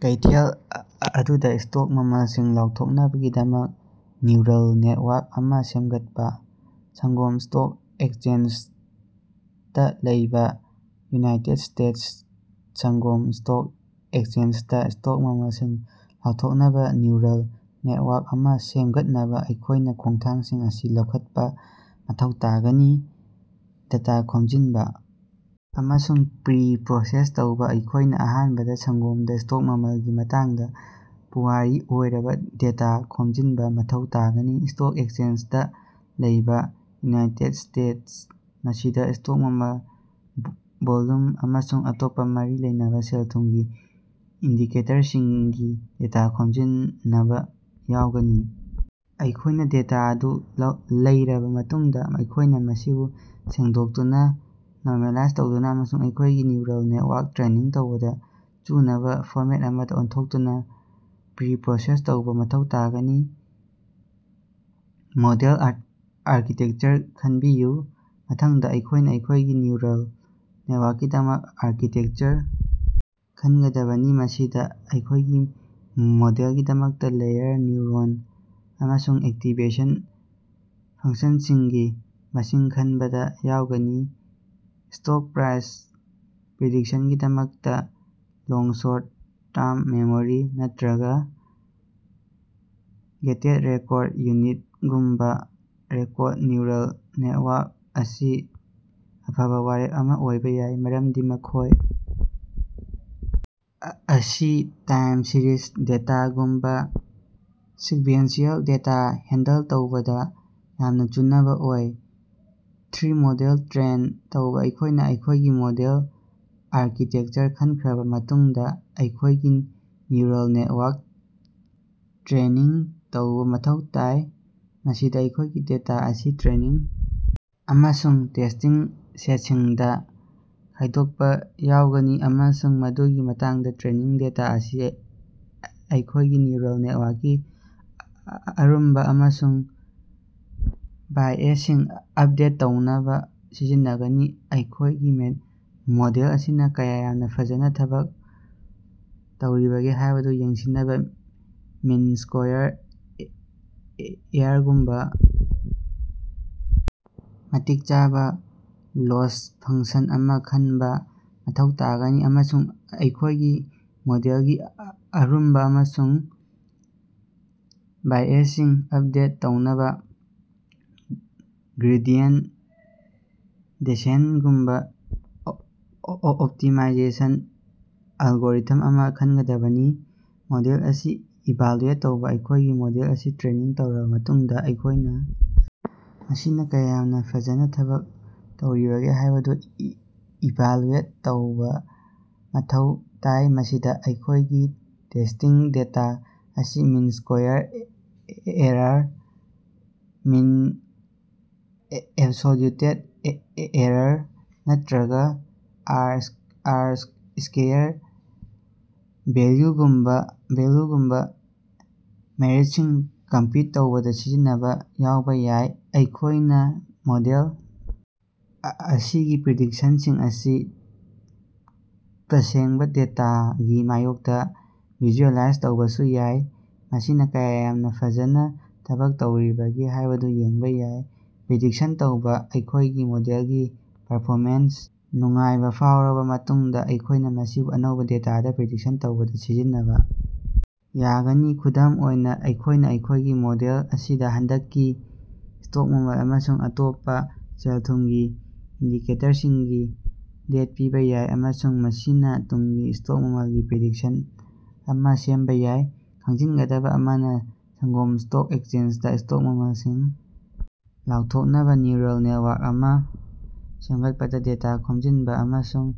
ꯀꯩꯊꯦꯜ ꯑꯗꯨꯗ ꯁ꯭ꯇꯣꯛ ꯃꯃꯜꯁꯤꯡ ꯂꯥꯎꯊꯣꯛꯅꯕꯒꯤꯗꯃꯛ ꯅ꯭ꯌꯨꯔꯜ ꯅꯦꯠꯋꯥꯔꯛ ꯑꯃ ꯁꯦꯝꯒꯠꯄ꯫ ꯁꯪꯒꯣꯝ ꯁ꯭ꯇꯣꯛ ꯑꯦꯛꯆꯦꯟꯖꯗ ꯂꯩꯕ ꯎꯅꯥꯏꯇꯦꯠ ꯏ꯭ꯁꯇꯦꯠꯁ, ꯁꯪꯒꯣꯝ ꯁ꯭ꯇꯣꯛ ꯑꯦꯛꯆꯦꯟꯖꯗꯥ ꯁ꯭ꯇꯣꯛ ꯃꯃꯜꯁꯤꯡ ꯂꯥꯎꯊꯣꯛꯅꯕ ꯅ꯭ꯌꯨꯔꯜ ꯅꯦꯠꯋꯥꯔꯛ ꯑꯃ ꯁꯦꯝꯒꯠꯅꯕ ꯑꯩꯈꯣꯏꯅ ꯈꯣꯡꯊꯥꯡꯁꯤꯡ ꯑꯁꯤ ꯂꯧꯈꯠꯄ ꯃꯊꯧ ꯇꯥꯒꯅꯤ ꯗꯦꯇꯥ ꯈꯣꯝꯖꯤꯟꯕ ꯑꯃꯁꯨꯡ ꯄ꯭ꯔꯤꯄꯔꯣꯁꯦꯁ ꯇꯧꯕ ꯑꯩꯈꯣꯏꯅ ꯑꯍꯥꯟꯕꯗ ꯁꯪꯒꯣꯝꯗ ꯁ꯭ꯇꯣꯛ ꯃꯃꯜꯒꯤ ꯃꯇꯥꯡꯗ ꯄꯨꯋꯥꯔꯤ ꯑꯣꯏꯔꯕ ꯗꯦꯇꯥ ꯈꯣꯝꯖꯤꯟꯕ ꯃꯊꯧ ꯇꯥꯒꯅꯤ꯫ ꯁ꯭ꯇꯣꯛ ꯑꯦꯛꯆꯦꯟꯖꯗ ꯂꯩꯕ ꯎꯅꯥꯏꯇꯦꯠ ꯏ꯭ꯁꯇꯦꯠꯁ ꯃꯁꯤꯗ ꯁ꯭ꯇꯣꯛ ꯃꯃꯜ, ꯚꯣꯜꯌꯨꯝ, ꯑꯃꯁꯨꯡ ꯑꯇꯣꯞꯄ ꯃꯔꯤ ꯂꯩꯅꯕ ꯁꯦꯜ-ꯊꯨꯝꯒꯤ ꯏꯟꯗꯤꯀꯦꯇꯔꯁꯤꯡꯒꯤ ꯗꯦꯇ ꯈꯣꯝꯖꯤꯅꯕ ꯌꯥꯎꯒꯅꯤ꯫ ꯑꯩꯈꯣꯏꯅ ꯗꯦꯇꯥ ꯑꯗꯨ ꯂꯩꯔꯕ ꯃꯇꯨꯡꯗ, ꯑꯩꯈꯣꯏꯅ ꯃꯁꯤꯕꯨ ꯁꯦꯡꯗꯣꯛꯇꯨꯅ, ꯅꯣꯔꯃꯦꯂꯥꯏꯖ ꯇꯧꯗꯨꯅ ꯑꯃꯁꯨꯡ ꯑꯩꯈꯣꯏꯒꯤ ꯅ꯭ꯌꯨꯔꯜ ꯅꯦꯠꯋꯥꯔꯛ ꯇ꯭ꯔꯦꯅꯤꯡ ꯇꯧꯕꯗ ꯆꯨꯅꯕ ꯐꯣꯔꯃꯦꯠ ꯑꯃꯗ ꯑꯣꯟꯊꯣꯛꯇꯨꯅ ꯄ꯭ꯔꯤꯄꯔꯣꯁꯦꯁ ꯇꯧꯕ ꯃꯊꯧ ꯇꯥꯒꯅꯤ꯫ ꯃꯣꯗꯦꯜ ꯑꯥꯔꯀꯤꯇꯦꯀꯆꯔ ꯈꯟꯕꯤꯌꯨ: ꯃꯊꯪꯗ ꯑꯩꯈꯣꯏꯅ ꯑꯩꯈꯣꯏꯒꯤ ꯅ꯭ꯌꯨꯔꯜ ꯅꯦꯠꯋꯥꯔꯛꯀꯤꯗꯃꯛ ꯑꯥꯔꯀꯤꯇꯦꯛꯆꯔ ꯈꯟꯒꯗꯕꯅꯤ꯫ ꯃꯁꯤꯗ ꯑꯩꯈꯣꯏꯒꯤ ꯃꯣꯗꯦꯜꯒꯤꯗꯃꯛꯇ ꯂꯦꯌꯔ, ꯅ꯭ꯌꯨꯔꯣꯟ ꯑꯃꯁꯨꯡ ꯑꯦꯛꯇꯤꯚꯦꯁꯟ ꯐꯪꯛꯁꯟꯁꯤꯡꯒꯤ ꯃꯁꯤꯡ ꯈꯟꯕꯗ ꯌꯥꯎꯒꯅꯤ꯫ ꯁ꯭ꯇꯣꯛ ꯄ꯭ꯔꯥꯏꯁ ꯄ꯭ꯔꯤꯗꯤꯛꯁꯟꯒꯤꯗꯃꯛꯇ, (ꯂꯣꯡ ꯁꯣꯔꯠ-ꯇꯔꯝ ꯃꯦꯃꯣꯔꯤ) ꯅꯠꯇꯔꯒꯥ (ꯒꯦꯇꯦꯗ ꯔꯤꯀꯣꯔꯗ ꯌꯨꯅꯤꯠ)ꯒꯨꯝꯕ ꯔꯤꯀꯣꯔꯗ ꯅ꯭ꯌꯨꯔꯜ ꯅꯦꯇꯋꯥꯔꯛ ꯑꯁꯤ ꯑꯐꯕ ꯋꯥꯔꯦꯞ ꯑꯃ ꯑꯣꯏꯕ ꯌꯥꯏ, ꯃꯔꯝꯗꯤ ꯃꯈꯣꯏ ꯑꯁꯤ ꯇꯥꯏꯝ ꯁꯤꯔꯤꯖ ꯗꯦꯇꯥꯒꯨꯝꯕ ꯁꯤꯛꯕꯦꯟꯁꯤꯑꯦꯜ ꯗꯦꯇꯥ ꯍꯦꯟꯗꯜ ꯇꯧꯕꯗ ꯌꯥꯝꯅ ꯆꯨꯅꯕ ꯑꯣꯏ꯫ ꯊ꯭ꯔꯤ ꯃꯣꯗꯦꯜ ꯇ꯭ꯔꯦꯟ ꯇꯧꯕ ꯑꯩꯈꯣꯏꯅ ꯑꯩꯈꯣꯏꯒꯤ ꯃꯣꯗꯦꯜ ꯑꯥꯔꯀꯤꯇꯦꯛꯆꯔ ꯈꯟꯈ꯭ꯔꯕ ꯃꯇꯨꯡꯗ ꯑꯩꯈꯣꯏꯒꯤ ꯅ꯭ꯌꯨꯔꯜ ꯅꯦꯇꯋꯥꯔꯛ ꯇ꯭ꯔꯦꯅꯤꯡ ꯇꯧꯕ ꯃꯊꯧ ꯇꯥꯏ꯫ ꯃꯁꯤꯗ ꯑꯩꯈꯣꯏꯒꯤ ꯗꯦꯇꯥ ꯑꯁꯤ ꯇ꯭ꯔꯦꯅꯤꯡ ꯑꯃꯁꯨꯡ ꯇꯦꯁ꯭ꯇꯤꯡ ꯁꯦꯠꯁꯤꯡꯗꯥ ꯈꯥꯏꯗꯣꯛꯄ ꯌꯥꯎꯒꯅꯤ, ꯑꯃꯁꯨꯡ ꯃꯗꯨꯒꯤ ꯃꯇꯨꯡꯗꯥ ꯇ꯭ꯔꯦꯅꯤꯡ ꯗꯦꯇꯥ ꯑꯁꯤ ꯑꯩꯈꯣꯏꯒꯤ ꯅ꯭ꯌꯨꯔꯜ ꯅꯦꯠꯋꯥꯔꯛꯀꯤ ꯑꯔꯨꯝꯕ ꯑꯃꯁꯨꯡ ꯕꯥꯏꯑꯦꯖꯁꯤꯡ ꯑꯄꯗꯦꯠ ꯇꯧꯅꯕ ꯁꯤꯖꯤꯟꯅꯒꯅꯤ꯫ ꯑꯩꯈꯣꯏꯒꯤ ꯃꯣꯗꯦꯜ ꯑꯁꯤꯅ ꯀꯌꯥ ꯌꯥꯝꯅ ꯐꯖꯅ ꯊꯕꯛ ꯇꯧꯔꯤꯕꯒꯦ ꯍꯥꯏꯕꯗꯨ ꯌꯦꯡꯁꯤꯟꯅꯕꯥ ꯃꯤꯟ ꯁ꯭ꯀꯣꯌꯥꯔ ꯑꯦꯔꯥꯔꯒꯨꯝꯕꯥ ꯃꯇꯤꯛ ꯆꯥꯕ ꯂꯣꯁ ꯐꯪꯛꯁꯟ ꯑꯃ ꯈꯟꯕ ꯃꯊꯧ ꯇꯥꯒꯅꯤ, ꯑꯃꯁꯨꯡ ꯑꯩꯈꯣꯏꯒꯤ ꯃꯣꯗꯦꯜꯒꯤ ꯑꯔꯨꯝꯕ ꯑꯃꯁꯨꯡ ꯕꯥꯏꯑꯦꯖꯁꯤꯡ ꯑꯄꯗꯦꯠ ꯇꯧꯅꯕ ꯒ꯭ꯔꯦꯗꯤꯌꯦꯟꯇ ꯗꯦꯁꯦꯟꯇꯒꯨꯝꯕ ꯑꯣꯞꯇꯤꯃꯥꯏꯖꯦꯁꯟ ꯑꯦꯜꯒꯣꯔꯤꯊꯝ ꯑꯃ ꯈꯟꯒꯗꯕꯅꯤ꯫ ꯃꯣꯗꯦꯜ ꯑꯁꯤ ꯏꯚꯥꯂꯨꯑꯦꯠ ꯇꯧꯕ ꯑꯩꯈꯣꯏꯒꯤ ꯃꯣꯗꯦꯜ ꯑꯁꯤ ꯇ꯭ꯔꯦꯅꯤꯡ ꯇꯧꯔꯕ ꯃꯇꯨꯡꯗ ꯑꯩꯈꯣꯏꯅ ꯃꯁꯤꯅ ꯀꯌꯥ ꯌꯥꯝꯅ ꯐꯖꯅ ꯊꯕꯛ ꯇꯧꯔꯤꯕꯒꯦ ꯍꯥꯏꯕꯗꯨ ꯏꯚꯥꯂꯨꯑꯦꯠ ꯇꯧꯕꯥ ꯃꯊꯧ ꯇꯥꯏ꯫ ꯃꯁꯤꯗꯥ ꯑꯩꯈꯣꯏꯒꯤ ꯇꯦꯁ꯭ꯇꯤꯡ ꯗꯦꯇꯥ ꯑꯁꯤ mean squared error, mean absolute error, ꯅꯠꯇꯔꯒꯥ ꯑꯥꯔ-ꯁ꯭ꯀꯦꯌꯔ ꯚꯦꯜꯌꯨꯒꯨꯝꯕꯥ ꯃꯦꯠꯔꯤꯛꯁꯤꯡ ꯀꯝꯄ꯭ꯌꯨꯠ ꯇꯧꯕꯗ ꯁꯤꯖꯤꯟꯅꯕ ꯌꯥꯎꯕ ꯌꯥꯏ꯫ ꯑꯩꯈꯣꯏꯅ ꯃꯣꯗꯦꯜ ꯑꯁꯤꯒꯤ ꯄ꯭ꯔꯤꯗꯤꯛꯁꯟꯁꯤꯡ ꯑꯁꯤ ꯇꯁꯦꯡꯕꯥ ꯗꯦꯇꯥꯒꯤ ꯃꯥꯌꯣꯛꯇ ꯚꯤꯖꯨꯑꯦꯂꯥꯏꯖ ꯇꯧꯕꯁꯨ ꯌꯥꯏ, ꯃꯁꯤꯅ ꯀꯌꯥ ꯌꯥꯝꯅ ꯐꯖꯅ ꯊꯕꯛ ꯇꯧꯔꯤꯕꯒꯦ ꯍꯥꯏꯕꯗꯨ ꯌꯦꯡꯕ ꯌꯥꯏ꯫ ꯄ꯭ꯔꯤꯗꯤꯛꯁꯟ ꯇꯧꯕ: ꯑꯩꯈꯣꯏꯒꯤ ꯃꯣꯗꯦꯜꯒꯤ ꯄꯔꯐꯣꯃꯦꯟꯁꯇ ꯅꯨꯡꯉꯥꯏꯕ ꯐꯥꯎꯔꯕ ꯃꯇꯨꯡꯗ, ꯑꯩꯈꯣꯏꯅ ꯃꯁꯤꯕꯨ ꯑꯅꯧꯕ ꯗꯦꯇꯥꯗ ꯄ꯭ꯔꯤꯗꯤꯛꯁꯟ ꯇꯧꯕꯗ ꯁꯤꯖꯤꯟꯅꯕ ꯌꯥꯒꯅꯤ꯫ ꯈꯨꯗꯝ ꯑꯣꯏꯅ, ꯑꯩꯈꯣꯏꯅ ꯑꯩꯈꯣꯏꯒꯤ ꯃꯣꯗꯦꯜ ꯑꯁꯤꯗ ꯍꯟꯗꯛꯀꯤ ꯁ꯭ꯇꯣꯛ ꯃꯃꯜ ꯑꯃꯁꯨꯡ ꯑꯇꯣꯞꯄꯥ ꯁꯦꯜ-ꯊꯨꯝꯒꯤ ꯏꯟꯗꯤꯀꯦꯇꯔꯁꯤꯡꯒꯤ ꯗꯦꯇ ꯄꯤꯕ ꯌꯥꯏ, ꯑꯃꯁꯨꯡ ꯃꯁꯤꯅ ꯇꯨꯡꯒꯤ ꯁ꯭ꯇꯣꯛ ꯃꯃꯜꯒꯤ ꯄ꯭ꯔꯤꯗꯤꯛꯁꯟ ꯑꯃ ꯁꯦꯝꯕ ꯌꯥꯏ꯫ ꯈꯪꯖꯤꯟꯒꯗꯕ ꯑꯃꯅ, ꯁꯪꯒꯣꯝ ꯁ꯭ꯇꯣꯛ ꯑꯦꯛꯆꯦꯟꯖꯗꯥ ꯁ꯭ꯇꯣꯛ ꯃꯃꯜꯁꯤꯡ ꯂꯥꯎꯊꯣꯛꯅꯕ ꯅ꯭ꯌꯨꯔꯜ ꯅꯦꯠꯋꯥꯔꯛ ꯑꯃ ꯁꯦꯝꯒꯠꯄꯗ ꯗꯦꯇꯥ ꯈꯣꯝꯖꯤꯟꯕ ꯑꯃꯁꯨꯡ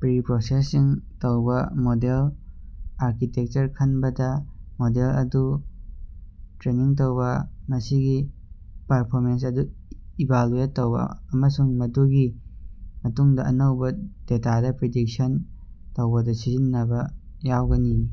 ꯄ꯭ꯔꯤꯄꯔꯣꯁꯦꯁꯤꯡ ꯇꯧꯕ, ꯃꯣꯗꯦꯜ ꯑꯥꯔꯀꯤꯇꯦꯛꯆꯔ ꯈꯟꯕꯗ, ꯃꯣꯗꯦꯜ ꯑꯗꯨ ꯇ꯭ꯔꯦꯅꯤꯡ ꯇꯧꯕ, ꯃꯁꯤꯒꯤ ꯄꯔꯐꯣꯃꯦꯟꯁ ꯑꯗꯨ ꯏꯚꯥꯂꯨꯑꯦꯠ ꯇꯧꯕ, ꯑꯃꯁꯨꯡ ꯃꯗꯨꯒꯤ ꯃꯇꯨꯡꯗꯥ ꯑꯅꯧꯕ ꯗꯦꯇꯥꯗ ꯄ꯭ꯔꯤꯗꯤꯛꯁꯟ ꯇꯧꯕꯗ ꯁꯤꯖꯤꯟꯅꯕ ꯌꯥꯎꯒꯅꯤ꯫